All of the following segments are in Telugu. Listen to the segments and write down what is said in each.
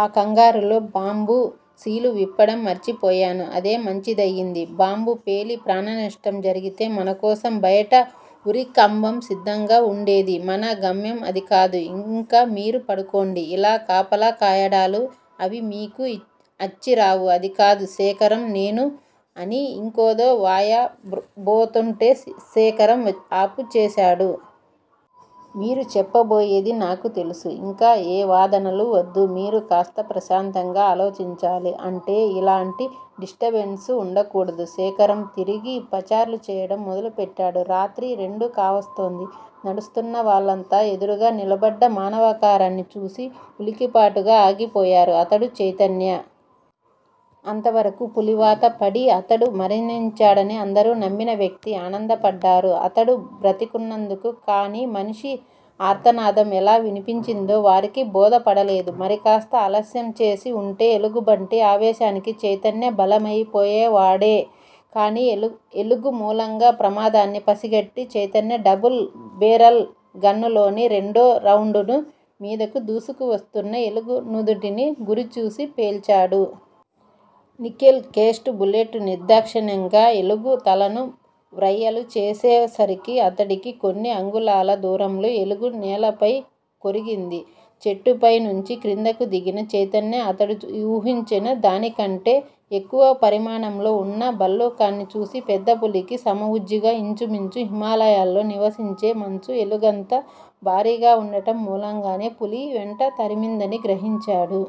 ఆ కంగారులో బాంబు సీలు విప్పటం మర్చిపోయాను. అదే మంచిదయ్యింది. బాంబు పేలి ప్రాణనష్టం జరిగితే మనకోసం బయట ఉరికంబం సిద్ధంగా వుండేది. మన గమ్యం అదికాదు. ఇంక మీరు పడుకోండి, ఇలా కాపలా కాయడాలూ అవీ మీకు అచ్చిరావు అదికాదు శేఖరం. నేనూ అని ఇంకేదో వ్రాయబోతూంటే శేఖరం ఆపుచేసాడు. మీరు చెప్పబోయేది నాకు తెలుసు. ఇంక ఏ వాదనలూ వద్దు. మీరు కాస్త ప్రశాంతంగా ఆలోచించాలీ అంటే ఇలాటి డిస్ట్రబెన్సెస్ ఉండకూడదు. శేఖరం తిరిగి పచార్లు చెయ్యటం మొదలుపెట్టాడు. రాత్రి రెండు కావస్తూంది. నడుస్తున్న వాళ్ళంతా ఎదురుగా నిలబడ్డ మానవాకారాన్ని చూసి ఉలికిపాటుగా ఆగిపోయారు. అతడు చైతన్య. అంతవరకూ పులివాత పడి అతడు మరణించాడని అందరూ నమ్మిన వ్యక్తి. ఆనందపడ్డారు అతడు బ్రతికున్నందుకు. కాని మనిషి ఆర్తనాదం ఎలా వినిపించిందో వారికి బోధపడలేదు. మరికాస్త ఆలస్యంచేసి ఉంటే ఎలుగుబంటి ఆవేశానికి చైతన్య బలయిపోయేవాడే. కాని ఎలుగుమూలంగా ప్రమాదాన్ని పసిగట్టిన చైతన్య డబుల్ బేరల్ గన్ లోని రెండో రౌండ్ ను మీదకు దూసుకువస్తున్న ఎలుగు నుదుటిని గురిచూసి పేల్చాడు. నికెల్ కేస్ట్ బులెట్ నిర్దాక్షిణ్యంగా ఎలుగు తలను వ్రయ్యలు చేసేసరికి అతడికి కొన్ని అంగుళాల దూరంలో ఎలుగు నేలపై కొరిగింది. చెట్టుపై నుంచి క్రిందకు దిగిన చైతన్య అతడూహించిన దానికంటే ఎక్కువ పరిమాణంలో వున్న భల్లూకాన్ని చూసి పెద్దపులికి సమఉజ్జీగా ఇంచుమించు హిమాలయాల్లో నివసించే మంచు ఎలుగంత భారీగా ఉండటం మూలంగానే పులిని వెంట తరిమిందని గ్రహించాడు.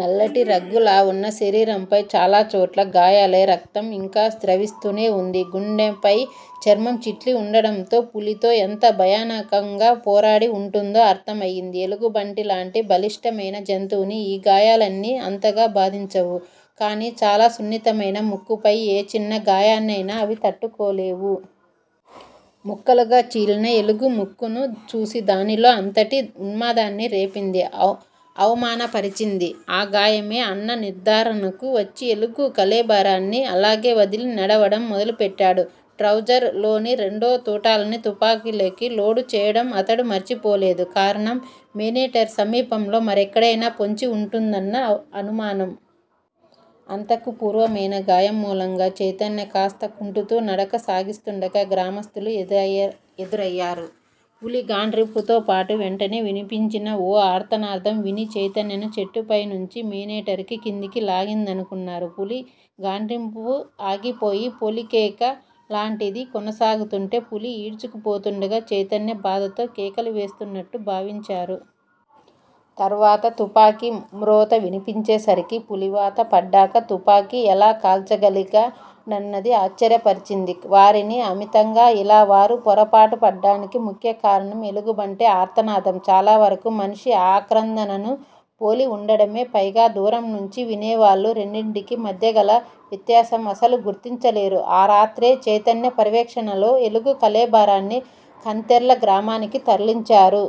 నల్లటి రగ్గులావున్న శరీరంపై చాలాచోట్ల గాయాలై రక్తం ఇంకా స్రవిస్తూనే వుంది. గుండెపై చర్మం చిట్లి ఉండడంతో పులితో ఎంత భయానకంగా పోరాడి ఉంటుందో అర్ధమయింది. ఎలుగుబంటిలాంటి బలిష్టమైన జంతువుని ఈ గాయాలన్నీ అంతగా బాధించవు. కాని చాలా సున్నితమైన ముక్కుపై ఏ చిన్న గాయాన్నైనా అవి తట్టుకోలేవు. ముక్కలుగా చీలిన ఎలుగు ముక్కును చూసి దానిలో అంతటి ఉన్మాదాన్ని రేపింది. అవమానపరిచింది ఆ గాయమే అన్న నిర్ధారణకు వచ్చి ఎలుగు కళేబరాన్ని అలాగేవదిలి నడవడం మొదలుపెట్టాడు. ట్రౌజర్ లోని రెండు తూటాల్ని తుపాకీలో లోడ్ చేయడం అతడు మరిచిపోలేదు. కారణం_మేనీటర్ సమీపంలో మరెక్కడయినా పొంచి ఉంటుందన్న అనుమానం. అంతకు పూర్వమైన గాయం మూలంగా చైతన్య కాస్త కుంటుతూ నడక సాగిస్తుండగా గ్రామస్థులు ఎదురయ్యారు. పులి గాండ్రింపుతోపాటు వెంటనే వినిపించిన ఓ ఆర్తనాదం విని చైతన్యను చెట్టుపై నుంచి మేనీటర్ కిందికి లాగిందనుకున్నారు. పులి గాండ్రింపు ఆగిపోయి పొలికేక లాంటిది కొనసాగుతుంటే పులి ఈడ్చుకుపోతుండగా చైతన్య బాధతో కేకలు వేస్తున్నట్టు భావించారు. తర్వాత తుపాకీ మ్రోత వినిపించేసరికి పులివాత పడ్డాక తుపాకీ ఎలా కాల్చగలిగా డన్నది ఆశ్చర్యపరిచింది వారిని అమితంగా. ఇలా వారు పొరపాటుపడ్డానికి ముఖ్యకారణం_ఎలుగుబంటి ఆర్తనాదం చాలావరకు మనిషి ఆక్రందనను పోలివుండడమే. పైగా దూరం నుంచి వినేవాళ్ళు రెండింటికి మధ్యగల వ్యత్యాసం అసలు గుర్తించలేరు. ఆ రాత్రే చైతన్య పర్యవేక్షణలో ఎలుగు కళేబరాన్ని కంతెర్ల గ్రామానికి తరలించారు.